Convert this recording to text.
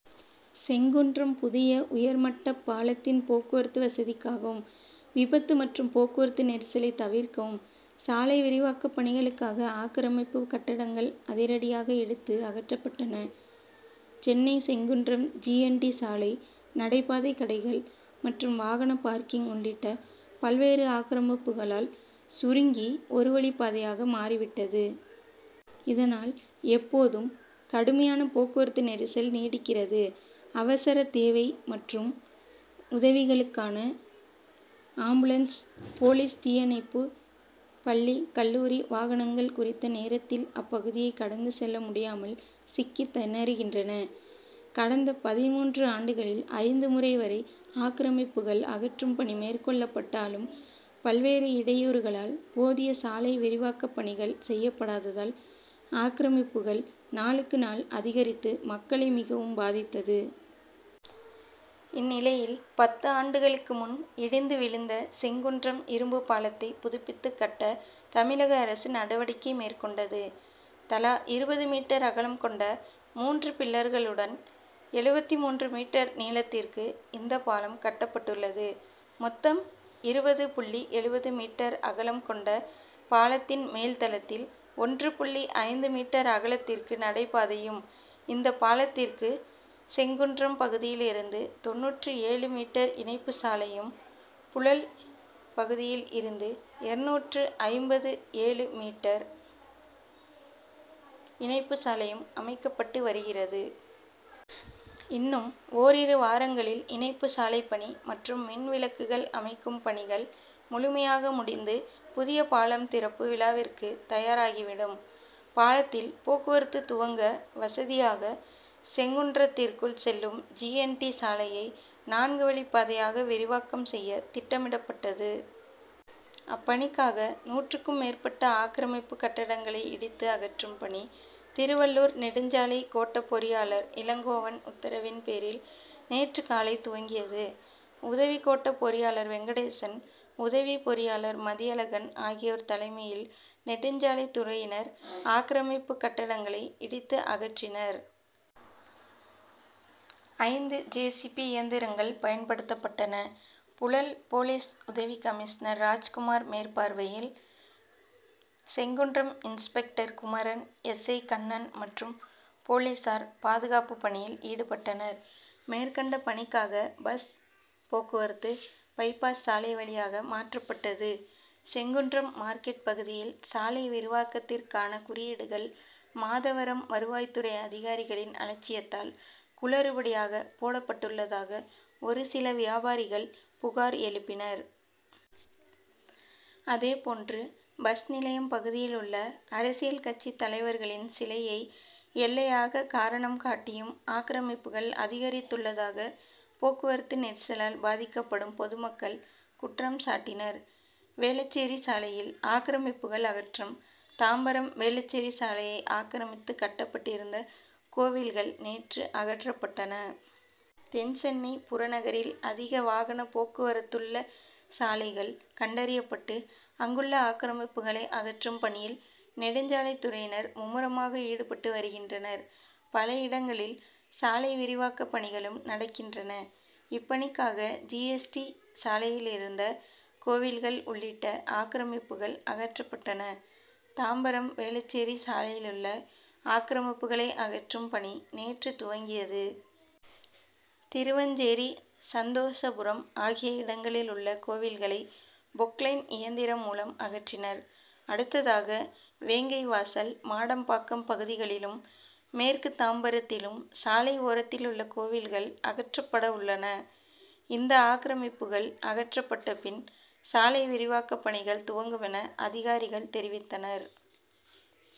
செங்குன்றம் புதிய உயர்மட்டப் பாலத்தின் போக்குவரத்து வசதிக்காகவும், விபத்து மற்றும் போக்குவரத்து நெரிசலை தவிர்க்கவும், சாலை விரிவாக்கப் பணிகளுக்காக ஆக்கிரமிப்பு கட்டடங்கள் அதிரடியாக இடித்து அகற்றப்பட்டன. Chennai Sengundram G. N. T. சாலை, நடைபாதை கடைகள் மற்றும் வாகன பார்க்கிங் உள்ளிட்ட பல்வேறு ஆக்கிரமிப்புகளால் சுருங்கி ஒரு வழிப்பாதையாக மாறிவிட்டது. இதனால், எப்போதும் கடுமையான போக்குவரத்து நெரிசல் நீடிக்கிறது. அவசர தேவை மற்றும் உதவிகளுக்கான ஆம்புலன்ஸ், போலீஸ், தீயணைப்பு, பள்ளி, கல்லூரி வாகனங்கள் குறித்த நேரத்தில் அப்பகுதியை கடந்து செல்ல முடியாமல் சிக்கித் திணறுகின்றன. கடந்த பதின்மூன்று ஆண்டுகளில் ஐந்து முறை வரை ஆக்கிரமிப்புகள் அகற்றும் பணி மேற்கொள்ளப்பட்டாலும், பல்வேறு இடையூறுகளால் போதிய சாலை விரிவாக்கப் பணிகள் செய்யப்படாததால், ஆக்கிரமிப்புகள் நாளுக்கு நாள் அதிகரித்து மக்களை மிகவும் பாதித்தது. இந்நிலையில், பத்து ஆண்டுகளுக்கு முன் இடிந்து விழுந்த செங்குன்றம் இரும்பு பாலத்தை புதுப்பித்துக் கட்ட, தமிழக அரசு நடவடிக்கை மேற்கொண்டது. தலா இருபது மீட்டர் அகலம் கொண்ட மூன்று பில்லர்களுடன் எழுபத்து மூன்று மீட்டர் நீளத்திற்கு இந்த பாலம் கட்டப்பட்டுள்ளது. மொத்தம் இருபது புள்ளி எழுபது மீட்டர் அகலம் கொண்ட பாலத்தின் மேல் தளத்தில் ஒன்று புள்ளி ஐந்து மீட்டர் அகலத்திற்கு நடை பாதையும், இந்த பாலத்திற்கு செங்குன்றம் பகுதியில் இருந்து தொண்ணூற்று ஏழு மீட்டர் இணைப்பு சாலையும், புழல் பகுதியில் இருந்து இருநூற்று ஐம்பத்து ஏழு மீட்டர் இணைப்பு சாலையும் அமைக்கப்பட்டு வருகிறது. இன்னும் ஓரிரு வாரங்களில் இணைப்புச் சாலைப்பணி மற்றும் மின் விளக்குகள் அமைக்கும் பணிகள் முழுமையாக முடிந்து, புதிய பாலம் திறப்பு விழாவிற்கு தயாராகி விடும். பாலத்தில் போக்குவரத்து துவங்க வசதியாக செங்குன்றத்திற்குள் செல்லும் ஜி. என். டி. சாலையை, நான்கு வழிப்பாதையாக விரிவாக்கம் செய்ய திட்டமிடப்பட்டது. அப்பணிக்காக நூற்றுக்கும் மேற்பட்ட ஆக்கிரமிப்பு கட்டடங்களை இடித்து அகற்றும் பணி, திருவள்ளூர் நெடுஞ்சாலை கோட்டப் பொறியாளர் இளங்கோவன் உத்தரவின் பேரில் நேற்று காலை துவங்கியது. உதவி கோட்டப் பொறியாளர் வெங்கடேசன், உதவிப் பொறியாளர் மதியழகன் ஆகியோர் தலைமையில் நெடுஞ்சாலைத் துறையினர், ஆக்கிரமிப்பு கட்டடங்களை இடித்து அகற்றினர். ஐந்து ஜே. சி. பி. இயந்திரங்கள் பயன்படுத்தப்பட்டன. புழல் போலீஸ் உதவி கமிஷனர் ராஜ்குமார் மேற்பார்வையில் Sengundram inspector Kumaran, S. I. Kannan மற்றும் போலீசார் பாதுகாப்பு பணியில் ஈடுபட்டனர். மேற்கண்ட பணிக்காக பஸ் போக்குவரத்து, பை பாஸ் சாலை வழியாக மாற்றப்பட்டது. செங்குன்றம் மார்க்கெட் பகுதியில் சாலை விரிவாக்கத்திற்கான குறியீடுகள், மாதவரம் வருவாய்த்துறை அதிகாரிகளின் அலட்சியத்தால் குளறுபடியாக போடப்பட்டுள்ளதாக, ஒரு சில வியாபாரிகள் புகார் எழுப்பினர். அதே போன்று, பஸ் நிலையம் பகுதியில் உள்ள அரசியல் கட்சித் தலைவர்களின் சிலையை, எல்லையாக காரணம் காட்டியும் ஆக்கிரமிப்புகள் அதிகரித்துள்ளதாக, போக்குவரத்து நெரிசலால் பாதிக்கப்படும் பொதுமக்கள் குற்றம் சாட்டினர். வேளச்சேரி சாலையில் ஆக்கிரமிப்புகள் அகற்றம் தாம்பரம் வேளச்சேரி சாலையை ஆக்கிரமித்து கட்டப்பட்டிருந்த கோவில்கள் நேற்று அகற்றப்பட்டன. தென்சென்னை புறநகரில் அதிக வாகன போக்குவரத்துள்ள சாலைகள் கண்டறியப்பட்டு, அங்குள்ள ஆக்கிரமிப்புக்களை அகற்றும் பணியில் நெடுஞ்சாலைத்துறையினர் மும்முரமாக ஈடுபட்டு வருகின்றனர். பல இடங்களில் சாலை விரிவாக்க பணிகளும் நடக்கின்றன. இப்பணிக்காக ஜி. எஸ். டி. சாலையிலிருந்த கோவில்கள் உள்ளிட்ட ஆக்கிரமிப்புக்கள் அகற்றப்பட்டன. தாம்பரம் வேளச்சேரி சாலையிலுள்ள ஆக்கிரமிப்புக்களை அகற்றும் பணி நேற்று துவங்கியது. திருவஞ்சேரி, சந்தோஷபுரம் ஆகிய இடங்களில் உள்ள கோவில்களை பொக்லைன் இயந்திரம் மூலம் அகற்றினர். அடுத்ததாக வேங்கைவாசல், மாடம்பாக்கம் பகுதிகளிலும், மேற்கு தாம்பரத்திலும் சாலை ஓரத்திலுள்ள கோவில்கள் அகற்றப்படவுள்ளன. இந்த ஆக்கிரமிப்புக்கள் அகற்றப்பட்ட பின், சாலை விரிவாக்க பணிகள் துவங்குமென அதிகாரிகள் தெரிவித்தனர்.